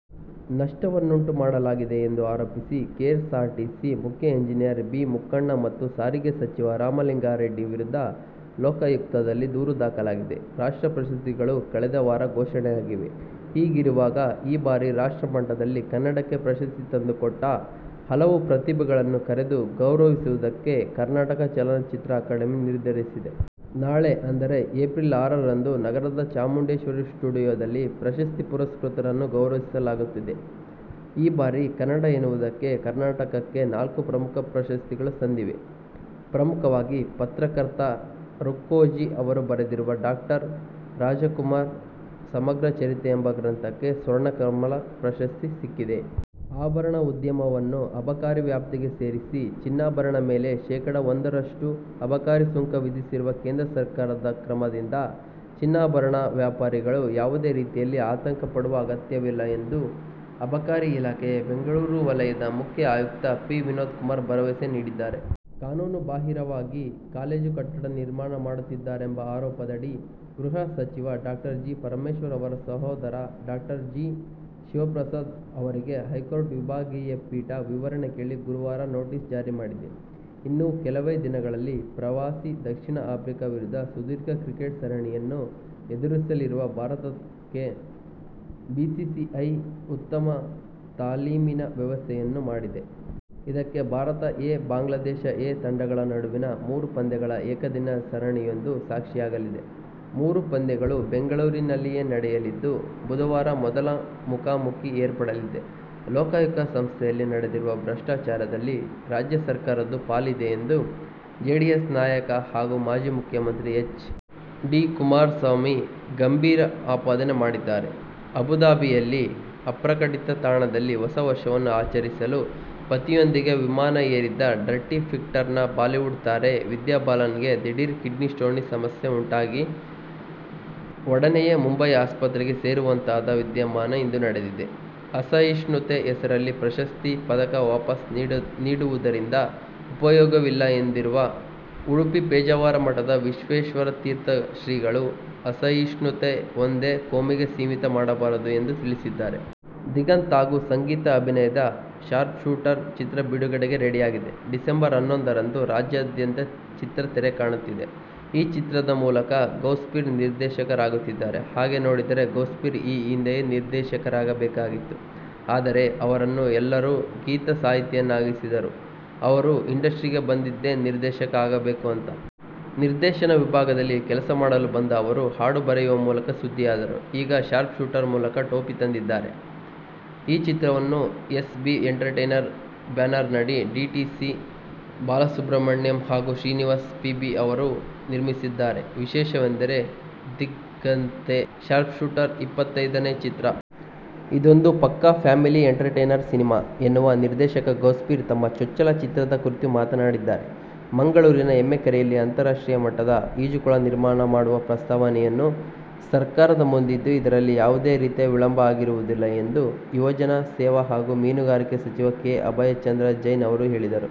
ನಷ್ಟವನ್ನುಂಟು ಮಾಡಲಾ ಗಿದೆ ಎಂದು ಆರೋಪಿಸಿ ಕೆಎಸ್ಆರ್ಟಿಸಿ ಮುಖ್ಯ ಎಂಜಿನಿಯರ್ ಬಿ. ಮುಕ್ಕಣ್ಣ ಮತ್ತು ಸಾರಿಗೆ ಸಚಿವ ರಾಮಲಿಂಗಾರೆಡ್ಡಿ ವಿರುದ್ಧ ಲೋಕಾಯುಕ್ತದಲ್ಲಿ ದೂರು ದಾಖಲಾಗಿದೆ. ರಾಷ್ಟ್ರ ಪ್ರಶಸ್ತಿಗಳು ಕಳೆದ ವಾರ ಘೋಷಣೆಯಾಗಿವೆ. ಹೀಗಿರುವಾಗ ಈ ಬಾರಿ ರಾಷ್ಟ್ರ ಮಟ್ಟದಲ್ಲಿ ಕನ್ನಡಕ್ಕೆ ಪ್ರಶಸ್ತಿ ತಂದು ಕೊಟ್ಟ ಹಲವು ಪ್ರತಿಭೆಗಳನ್ನು ಕರೆದು ಗೌರವಿಸುವುದಕ್ಕೆ ಕರ್ನಾಟಕ ಚಲನಚಿತ್ರ ಅಕಾಡೆಮಿ ನಿರ್ಧರಿಸಿದೆ. ನಾಳೆ ಅಂದರೆ ಏಪ್ರಿಲ್ ಆರರಂದು, ನಗರದ ಚಾಮುಂಡೇಶ್ವರಿ ಸ್ಟುಡಿಯೋದಲ್ಲಿ ಪ್ರಶಸ್ತಿ ಪುರಸ್ಕೃತರನ್ನು ಗೌರವಿಸಲಾಗುತ್ತಿದೆ. ಈ ಬಾರಿ ಕನ್ನಡ ಎನ್ನುವುದಕ್ಕೆ ಕರ್ನಾಟಕಕ್ಕೆ ನಾಲ್ಕು ಪ್ರಮುಖ ಪ್ರಶಸ್ತಿಗಳು ಸಂದಿವೆ. ಪ್ರಮುಖವಾಗಿ ಪತ್ರಕರ್ತ ರುಕ್ಕೋಜಿಅವರು ಬರೆದಿರುವ ಡಾಕ್ಟರ್. ರಾಜಕುಮಾರ್ ಸಮಗ್ರ ಚರಿತ್ರೆ ಎಂಬ ಗ್ರಂಥಕ್ಕೆ ಸ್ವರ್ಣ ಕಮಲ ಪ್ರಶಸ್ತಿ ಸಿಕ್ಕಿದೆ. ಆಭರಣ ಉದ್ಯಮವನ್ನು ಅಬಕಾರಿ ವ್ಯಾಪ್ತಿಗೆ ಸೇರಿಸಿ, ಚಿನ್ನಾಭರಣ ಮೇಲೆ ಶೇಕಾಡಾ ಒಂದರಷ್ಟು ಅಬಕಾರಿ ಸುಂಕ ವಿಧಿಸಿರುವ ಕೇಂದ್ರ ಸರಕಾರದ ಕ್ರಮದಿಂದ ಚಿನ್ನಾಭರಣ ವ್ಯಾಪಾರಿಗಳು ಯಾವುದೇ ರೀತಿಯಲ್ಲಿ ಆತಂಕ ಪಡುವ ಅಗತ್ಯ ಇಲ್ಲ ಎಂದು ಅಬಕಾರಿ ಇಲಾಖೆಯ ಬೆಂಗಳೂರು ವಲಯದ ಮುಖ್ಯ ಆಯುಕ್ತ ಪಿ. ವಿನೋದ್ ಕುಮಾರ್ ಭರವಸೆ ನೀಡಿದ್ದಾರೆ. ಕಾನೂನು ಬಾಹಿರವಾಗಿ ಕಾಲೇಜು ಕಟ್ಟಡ ನಿರ್ಮಾಣ ಮಾಡುತ್ತಿದ್ದಾರೆಂಬ ಆರೋಪದಡಿಯಲ್ಲಿ ಗೃಹ ಸಚಿವ ಡಾ. ಜಿ. ಪರಮೇಶ್ವರ್ ಅವರ ಸಹೋದರ ಡಾ. ಜಿ. ಶಿವಪ್ರಸಾದ್ ಅವರಿಗೆ ಹೈಕೋರ್ಟ್ ವಿಭಾಗೀಯ ಪೀಠ ವಿವರಣೆ ಕೇಳಿ ಗುರುವಾರ ನೋಟಿಸ್ ಜಾರಿ ಮಾಡಿದೆ. ಇನ್ನು ಕೆಲವೇ ದಿನಗಳಲ್ಲಿ ಪ್ರವಾಸಿ ದಕ್ಷಿಣ ಆಫ್ರಿಕಾ ವಿರುದ್ಧ ಸುದೀರ್ಘ ಕ್ರಿಕೆಟ್ ಸರಣಿಯನ್ನು ಎದುರಿಸಲಿರುವ ಭಾರತಕ್ಕೆ ಬಿಸಿಸಿಐ ಉತ್ತಮ ತಾಲೀಮಿನ ವ್ಯವಸ್ಥೆಯೊಂದನ್ನು ಮಾಡಿದೆ. ಇದಕ್ಕೆ ಭಾರತ ಎ-ಬಾಂಗ್ಲಾದೇಶ ಎ ತಂಡಗಳ ನಡುವಿನ ಮೂರು ಪಂದ್ಯಗಳ ಏಕದಿನ ಸರಣಿಯೊಂದು ಸಾಕ್ಷಿಯಾಗಲಿದೆ. ಮೂರೂ ಪಂದ್ಯಗಳು ಬೆಂಗಳೂರಿನಲ್ಲಿ ನಡೆಯಲಿದ್ದು, ಬುಧವಾರ ಮೊದಲ ಮುಖಾಮುಖೀ ಏರ್ಪಡಲಿದೆ. ಲೋಕಾಯುಕ್ತ ಸಂಸ್ಥೆಯಲ್ಲಿ ನಡೆದಿರುವ ಭ್ರಷ್ಟಾಚಾರದಲ್ಲಿ ರಾಜ್ಯ ಸರ್ಕಾರದ್ದೂ ಪಾಲಿದೆ ಎಂದು ಜೆಡಿಎಸ್ ನಾಯಕ ಹಾಗೂ ಮಾಜಿ ಮುಖ್ಯಮಂತ್ರಿ ಎಚ್. ಡಿ. ಕುಮಾರಸ್ವಾಮಿ ಗಂಭೀರ ಆಪಾದನೆ ಮಾಡಿದ್ದಾರೆ. ಅಬುಧಾಬಿಯಲ್ಲಿ ಅಪ್ರಕಟಿತ ತಾಣದಲ್ಲಿ ಹೊಸ ವರ್ಷವನ್ನು ಆಚರಿಸಲು ಪತಿಯೊಂದಿಗೆ ವಿಮಾನ ಏರಿದ್ದ ಡರ್ಟಿ ಪಿಕ್ಚರ್ನ ಬಾಲಿವುಡ್ ತಾರೆ ವಿದ್ಯಾಬಾಲನ್ ಗೆ ದಿಢೀರ್ ಕಿಡ್ನಿ ಸ್ಟೋನ್ ಸಮಸ್ಯೆ ಉಂಟಾಗಿ ಒಡನೆಯೇ ಮುಂಬಯಿ ಆಸ್ಪತ್ರೆಗೆ ಸೇರುವಂತಾದ ವಿದ್ಯಮಾನ ಇಂದು ನಡೆದಿದೆ. ಅಸಹಿಷ್ಣುತೆ ಹೆಸರಲ್ಲಿ ಪ್ರಶಸ್ತಿ, ಪದಕ ವಾಪಸ್ ನೀಡುವುದರಿಂದ ಉಪಯೋಗವಿಲ್ಲ ಎಂದಿರುವ ಉಡುಪಿ ಪೇಜಾವರ ಮಠದ ವಿಶ್ವೇಶತೀರ್ಥ ಶ್ರೀಗಳು, ಅಸಹಿಷ್ಣುತೆಯನ್ನು ಒಂದೇ ಕೋಮಿಗೆ ಸೀಮಿತ ಮಾಡಬಾರದು ಎಂದು ತಿಳಿಸಿದ್ದಾರೆ. ದಿಗಂತ್ ಹಾಗು ಸಂಗೀತಾ ಅಭಿನಯದ "ಶಾರ್ಪ್ಶೂಟರ್' ಚಿತ್ರ ಬಿಡುಗಡೆಗೆ ರೆಡಿಯಾಗಿದೆ. ಡಿಸೆಂಬರ್ ಹನ್ನೊಂದರಂದು ರಾಜ್ಯಾದ್ಯಂತ ಚಿತ್ರ ತೆರೆಕಾಣುತ್ತಿದೆ. ಈ ಚಿತ್ರದ ಮೂಲಕ ಗೌಸ್ಪೀರ್ ನಿರ್ದೇಶಕರಾಗುತ್ತಿದ್ದಾರೆ. ಹಾಗೆ ನೋಡಿದರೆ, ಗೌಸ್ಪೀರ್ ಈ ಹಿಂದೆಯೇ ನಿರ್ದೇಶಕರಾಗಬೇಕಿತ್ತು. ಆದರೆ, ಅವರನ್ನು ಎಲ್ಲರೂ ಗೀತಸಾಹಿತಿಯನ್ನಾಗಿಸಿದರು. ಅವರು ಇಂಡಸ್ಟ್ರಿಗೆ ಬಂದಿದ್ದೇ, ನಿರ್ದೇಶಕ ಆಗಬೇಕು ಅಂತ. ನಿರ್ದೇಶನ ವಿಭಾಗದಲ್ಲಿ ಕೆಲಸ ಮಾಡಲು ಬಂದ ಅವರು, ಹಾಡು ಬರೆಯುವ ಮೂಲಕ ಸುದ್ದಿಯಾದರು. ಈಗ ಶಾರ್ಪ್ಶೂಟರ್ ಮೂಲಕ ಟೋಪಿ ತೊಟ್ಟಿದ್ದಾರೆ. ಈ ಚಿತ್ರವನ್ನು ಎಸ್. ಬಿ. ಎಂಟರ್ಟೈನರ್ ಬ್ಯಾನರ್ನಡಿ ಟಿ. ಸಿ. ಬಾಲುಸುಬ್ರಹ್ಮಣ್ಯಂ ಹಾಗು ಶ್ರೀನಿವಾಸ್ ಪಿ. ಬಿ. ಅವರು ನಿರ್ಮಿಸಿದ್ದಾರೆ. ವಿಶೇಷವೆಂದರೆ, ದಿಗಂತ್ಗೆ ಶಾರ್ಪ್ಶೂಟರ್ ಇಪ್ಪತೈದ ನೇ ಚಿತ್ರ. ಇದೊಂದು ಪಕ್ಕಾ ಫ್ಯಾಮಿಲಿ ಎಂಟರ್ಟೈನರ್ ಸಿನಿಮಾ ಎನ್ನುವ ನಿರ್ದೇಶಕ ಗೌಸ್ಪೀರ್ ತಮ್ಮ ಚೊಚ್ಚಲ ಚಿತ್ರದ ಕುರಿತು ಮಾತನಾಡಿದ್ದಾರೆ. ಮಂಗಳೂರಿನ ಎಮ್ಮೆಕೆರೆಯಲ್ಲಿ ಅಂತಾರಾಷ್ಟ್ರೀಯ ಮಟ್ಟದ ಈಜುಕೊಳದ ನಿರ್ಮಾಣ ಮಾಡುವ ಪ್ರಸ್ತಾವನೆಯು ಸರಕಾರದ ಮುಂದಿದ್ದು, ಇದರಲ್ಲಿ ಯಾವುದೇ ರೀತಿಯ ವಿಳಂಬ ಆಗಿರುವುದಿಲ್ಲ ಎಂದು ಯುವಜನ ಸೇವಾ ಹಾಗೂ ಮೀನುಗಾರಿಕೆ ಸಚಿವ ಕೆ. ಅಭಯಚಂದ್ರ ಜೈನ್ ಅವರು ಹೇಳಿದರು.